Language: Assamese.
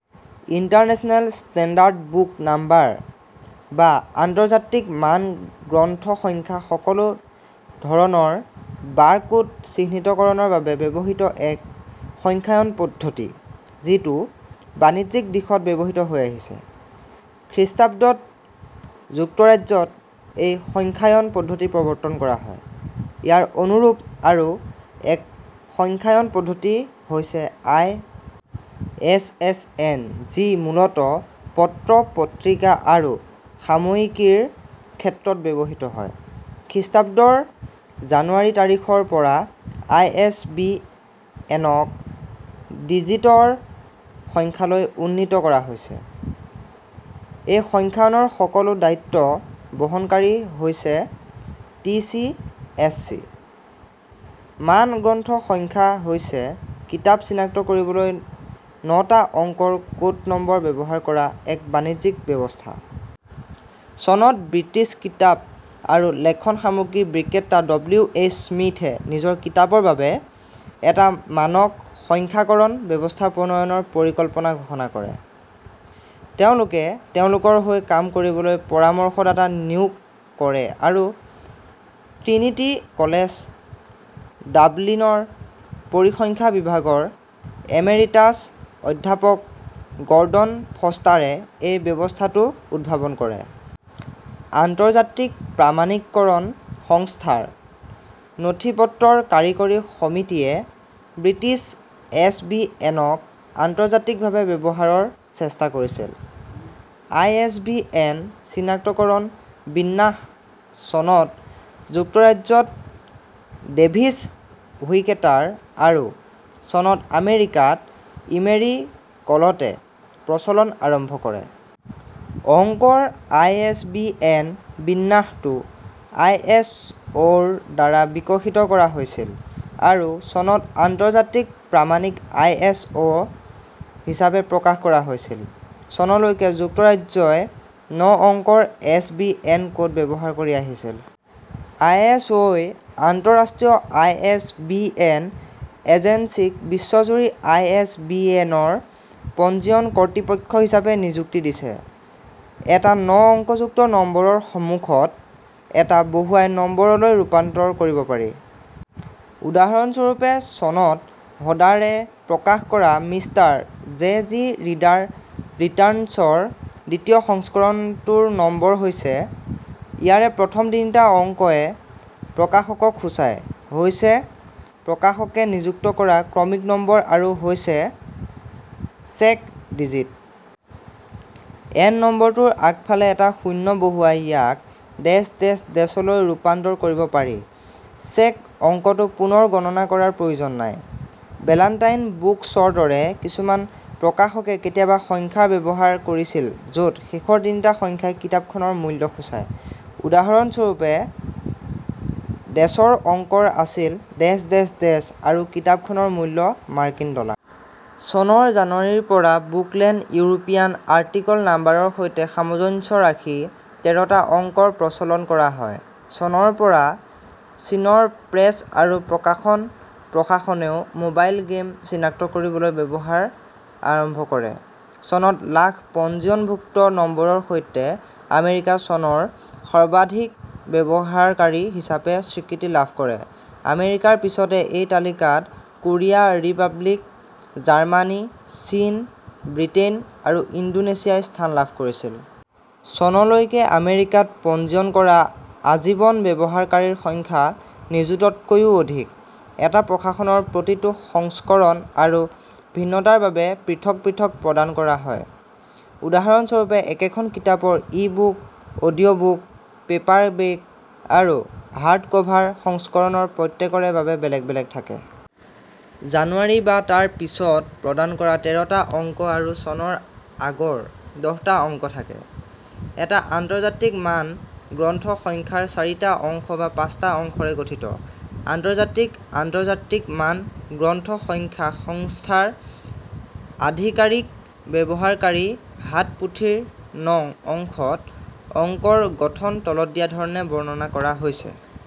ইন্টাৰনেশ্যনেল ষ্টেণ্ডাৰ্ড বুক নাম্বাৰ বা আন্তৰ্জাতিক মান গ্ৰন্থ সংখ্যা সকলো ধৰনৰ বাৰকোড চিহ্নিতকৰণৰ বাবে ব্যৱহৃত এক সংখ্যায়ন পদ্ধতি যিটো বাণিজ্যিক দিশত ব্যৱহৃত হৈ আহিছে। খ্ৰীষ্টাব্দত যুক্তৰাজ্যত এই সংখ্যায়ন পদ্ধতি প্ৰৱৰ্তন কৰা হয়। ইয়াৰ অনুৰূপ আৰু এক সংখ্যায়ন পদ্ধতি হৈছে আই. এচ. এচ. এন. যি মূলতঃ পত্ৰ-পত্ৰিকা আৰু সাময়িকীৰ ক্ষেত্ৰত ব্যৱহৃত হয়। খ্ৰীষ্টাব্দৰ জানুৱাৰী তাৰিখৰ পৰা আই. এচ. বি. এনক -ডিজিটৰ সংখ্যালৈ উন্নীত কৰা হৈছে। এই সংখ্যায়নৰ সকলো দায়িত্ব বহনকাৰী হৈছে টিচি /এচচি। মান গ্ৰন্থ সংখ্যা হৈছে কিতাপ চিনাক্ত কৰিবলৈ নটা অংকৰ ক'ড নম্বৰ ব্যৱহাৰ কৰা এক বাণিজ্যিক ব্যৱস্থা। চনত ব্ৰিটিছ কিতাপ আৰু লেখন সামগ্ৰী বিক্ৰেতা ডব্লিউ. এইচ. স্মিথে নিজৰ কিতাপৰ বাবে এটা মানক সংখ্যাকৰণ ব্যৱস্থা প্ৰণয়নৰ পৰিকল্পনা ঘোষণা কৰে। তেওঁলোকে তেওঁলোকৰ হৈ কাম কৰিবলৈ পৰামৰ্শদাতা নিয়োগ কৰে আৰু ট্ৰিনিটি কলেজ ডাবলিনৰ পৰিসংখ্যা বিভাগৰ এমেৰিটাছ অধ্যাপক গৰ্ডন ফষ্টাৰে এই ব্যৱস্থাটো উদ্ভাৱন কৰে। আন্তৰ্জাতিক প্ৰামাণিককৰণ সংস্থা ৰ নথিপত্ৰৰ কাৰিকৰী সমিতিয়ে ব্ৰিটিছ এছ. বি. এন. ক আন্তঃৰাষ্ট্ৰীয়ভাবে ব্যৱহাৰৰ চেষ্টা কৰিছিল। আই. এছ. বি. এন. চিনাক্তকৰণ বিন্যাস চনত যুক্তৰাজ্যত ডেভিদ হুইটেকাৰ আৰু চনত আমেৰিকাত ইমেৰী কলটে প্ৰচলন আৰম্ভ কৰে। অংকৰ আই. এছ. বি. এন. বিন্যাসটো আই. এছ. অ'. ৰ দ্বাৰা বিকশিত কৰা হৈছিল আৰু চনত আন্তৰ্জাতিক প্ৰামাণিক আই. এছ. অ'. হিচাপে প্ৰকাশ কৰা হৈছিল। চনলৈকে যুক্তৰাজ্যই ন অংকৰ এছ. বি. এন. ক'ড ব্যৱহাৰ কৰি আহিছিল। আই. এছ. অ'. ই আন্তঃৰাষ্ট্ৰীয় আই. এছ. বি. এন. এজেন্সীক বিশ্বজুৰি আই. এছ. বি. এন. ৰ পঞ্জীয়ন কৰ্তৃপক্ষ হিচাপে নিযুক্তি দিছে৷ এটা ন অংকযুক্ত নম্বৰৰ সন্মুখত এটা "" বহুৱাই নম্বৰলৈ ৰূপান্তৰ কৰিব পাৰি। উদাহৰণস্বৰূপে, চনত হডাৰে প্ৰকাশ কৰা "মিষ্টাৰ জে. জি. ৰিডাৰ ৰিটাৰ্ণছ"ৰ দ্বিতীয় সংস্কৰণটোৰ নম্বৰ হৈছে "", ইয়াৰে প্ৰথম তিনিটা অংক "" য়ে প্ৰকাশকক সূচায়, "" হৈছে প্ৰকাশকে নিযুক্ত কৰা ক্ৰমিক নম্বৰ আৰু "" হৈছে চেক ডিজিট। এন নম্বৰটোৰ আগফালে এটা শূন্য বহুৱাই ইয়াক --- লৈ ৰূপান্তৰ কৰিব পাৰি; চেক অংকটো পুনৰ গণনা কৰাৰ প্ৰয়োজন নাই। "বেলান্টাইন বুকছ"ৰ দৰে কিছুমান প্ৰকাশকে কেতিয়াবা সংখ্যাৰ ব্যৱহাৰ কৰিছিল য'ত শেষৰ তিনিটা সংখ্যাই কিতাপখনৰ মূল্য সূচায়; উদাহৰণস্বৰূপে, " "ৰ অংকৰ আছিল --- আৰু কিতাপখনৰ মূল্য মাৰ্কিন ডলাৰ। চনৰ জানুৱাৰীৰ পৰা "বুকলেণ্ড" ইউৰোপীয়ান আৰ্টিকল নাম্বাৰৰ সৈতে সামঞ্জস্য ৰাখি তেৰটা অংকৰ প্ৰচলন কৰা হয়। চনৰ পৰা চীনৰ প্ৰেছ আৰু প্ৰকাশন প্ৰশাসনেও মোবাইল গেম চিনাক্ত কৰিবলৈ ব্যৱহাৰ আৰম্ভ কৰে। চনত লাখ পঞ্জীয়নভুক্ত নম্বৰৰ সৈতে আমেৰিকা চনৰ সৰ্বাধিক ব্যৱহাৰকাৰী হিচাপে স্বীকৃতি লাভ কৰে৷ আমেৰিকাৰ পিছতে এই তালিকাত কোৰিয়া ৰিপাব্লিক, জাৰ্মানী, চীন, ব্ৰিটেইন আৰু ইণ্ডোনেছিয়াই স্থান লাভ কৰিছিল। চনলৈকে আমেৰিকাত পঞ্জীয়ন কৰা আজীৱন ব্যৱহাৰকাৰীৰ সংখ্যা নিযুততকৈও অধিক। এটা প্ৰকাশনৰ প্ৰতিটো সংস্কৰণ আৰু ভিন্নতাৰ বাবে পৃথক পৃথক প্ৰদান কৰা হয়। উদাহৰণস্বৰূপে, একেখন কিতাপৰ ই-বুক, অডিঅ'বুক, পেপাৰবেক আৰু হাৰ্ডকভাৰ সংস্কৰণৰ প্ৰত্যেকৰে বাবে বেলেগ বেলেগ থাকে। জানুৱাৰী বা তাৰ পিছত প্ৰদান কৰা তেৰটা অংক আৰু চনৰ আগৰ দহটা অংক থাকে। এটা আন্তৰ্জাতিক মান গ্ৰন্থ সংখ্যাৰ চাৰিটা অংশ বা পাঁচটা অংশৰে গঠিত। আন্তৰ্জাতিক আন্তৰ্জাতিক মান গ্ৰন্থ সংখ্যা সংস্থাৰ আধিকাৰীক ব্যৱহাৰকাৰী হাতপুথিৰ নং অংশত অংকৰ গঠন তলত দিয়া ধৰণে বৰ্ণনা কৰা হৈছে:।